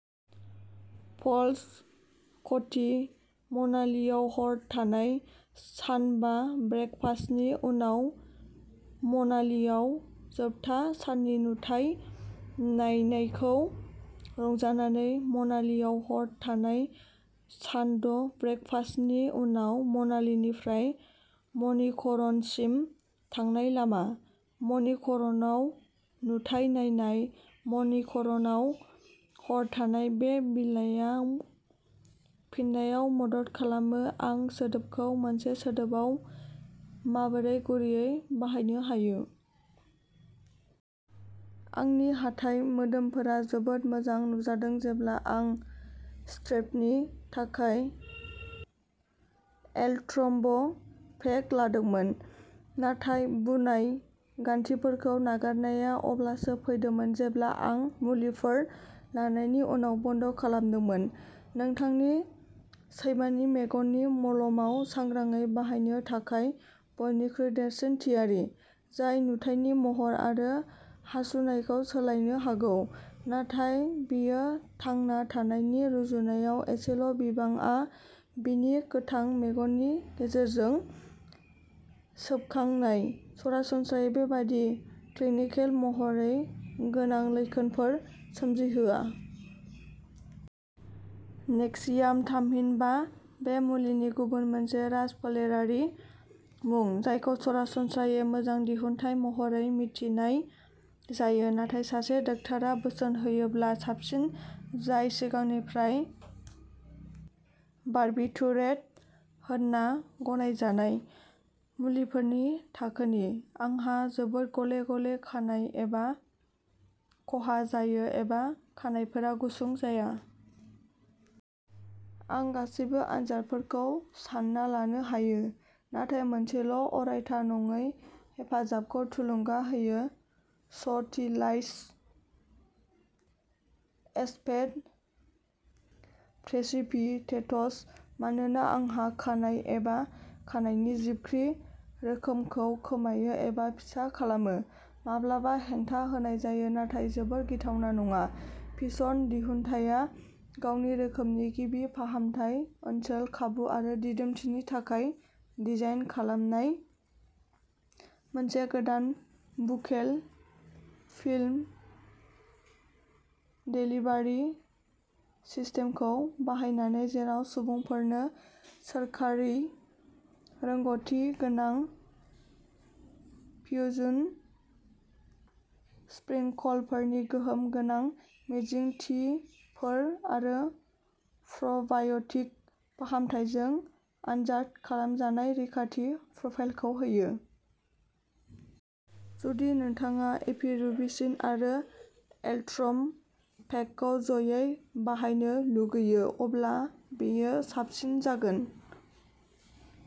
Falls, क'थि। मनालीआव हर थानाय। सान बा ब्रेकफास्टनि उनाव मनालीआव जोबथा साननि नुथाय नायनायखौ रंजानानै। मनालीआव हर थानाय। सान द' ब्रेकफास्टनि उनाव मनालीनिफ्राय मणिकरणसिम थांनाय लामा। मणिकरणआव नुथाय नायनाय। मणिकरणआव हर थानाय। बे बिलाइआ फिननायाव मदद खालामोः आं सोदोबखौ मोनसे सोदोबआव माबोरै गुरैयै बाहायनो हायो? आंनि हाथाइ मोदोमफोरा जोबोद मोजां नुजादोंमोन जेब्ला आं स्ट्रेपनि थाखाय एलट्रम्ब'पेग लादोंमोन, नाथाय बुनाय गान्थिफोरखौ नागारनाया अब्लासो फैदोंमोन जेब्ला आं मुलिफोर लानायनि उनाव बन्द'खालामदोंमोन। नोंथांनि सैमानि मेगननि मलमआव सांग्राङै बाहायनो थाखाय बयनिख्रुइ देरसिन थियारि, जाय नुथायनि महर आरो हासुनायखौ सोलायनो हागौ, नाथाय बियो थांना थानायनि रुजुनायाव एसेल'बिबांआ बिनि गोथां मेगननि गेजेरजों सोबखांनाय, सरासनस्रायै बेबादि क्लिनिकेल महरै गोनां लैखोनफोर सोमजिहोआ। नेक्सियाम थामहिनबा बे मुलिनि गुबुन मोनसे राजफोलेरारि मुं, जायखौ सरासनस्रायै मोजां दिहुनथाय महरै मिथिनाय जायो, नाथाय सासे डाक्टारा बोसोन होयोब्ला साबसिन, जाय सिगांनिफ्रायनो बार्बिटुरेट होनना गनायजानाय मुलिफोरनि थाखोनि। आंहा जोबोद गले-गले खानाय एबा खहा जायो एबा खानाइफोरा गुसुं जाया। आं गासैबो आनजादफोरखौ सानना लानो हायो, नाथाय मोनसेल'अरायथा नङै हेफाजाबखौ थुलुंगा होयो स'टिलाइज फस्फेट प्रेसिपिटेट्स मानोना आंहा खानाय एबा खानायनि जिबख्रि रोखोमखौ खोमायो एबा फिसा खालामो। माब्लाबा हेंथा होनाय जायो, नाथाय जोबोद गिथावना नङा, फिसन दिहुनथाया गावनि रोखोमनि गिबि फाहामथाय ओनसोल, खाबु आरो दिदोमथिनि थाखाय डिजाइन खालामनाय मोनसे गोदान बुकेल फिल्म देलिभारि सिस्टेमखौ बाहायनानै, जेराव सुबुंफोरनो सोरखारि रोंग'थि गोनां फ्युजन स्प्रिंकलफोरनि गोहोम गोनां मिजिंथिफोर आरो प्र'बाय'टिक फाहामथायजों आनजाद खालामजानाय रैखाथि प्रफाइलखौ होयो। जुदि नोंथाङा एपिरुबिसिन आरो एलट्र'म्ब'पेगखौ ज'यै बाहायनो लुगैयो, अब्ला बेयो साबसिन जागोन।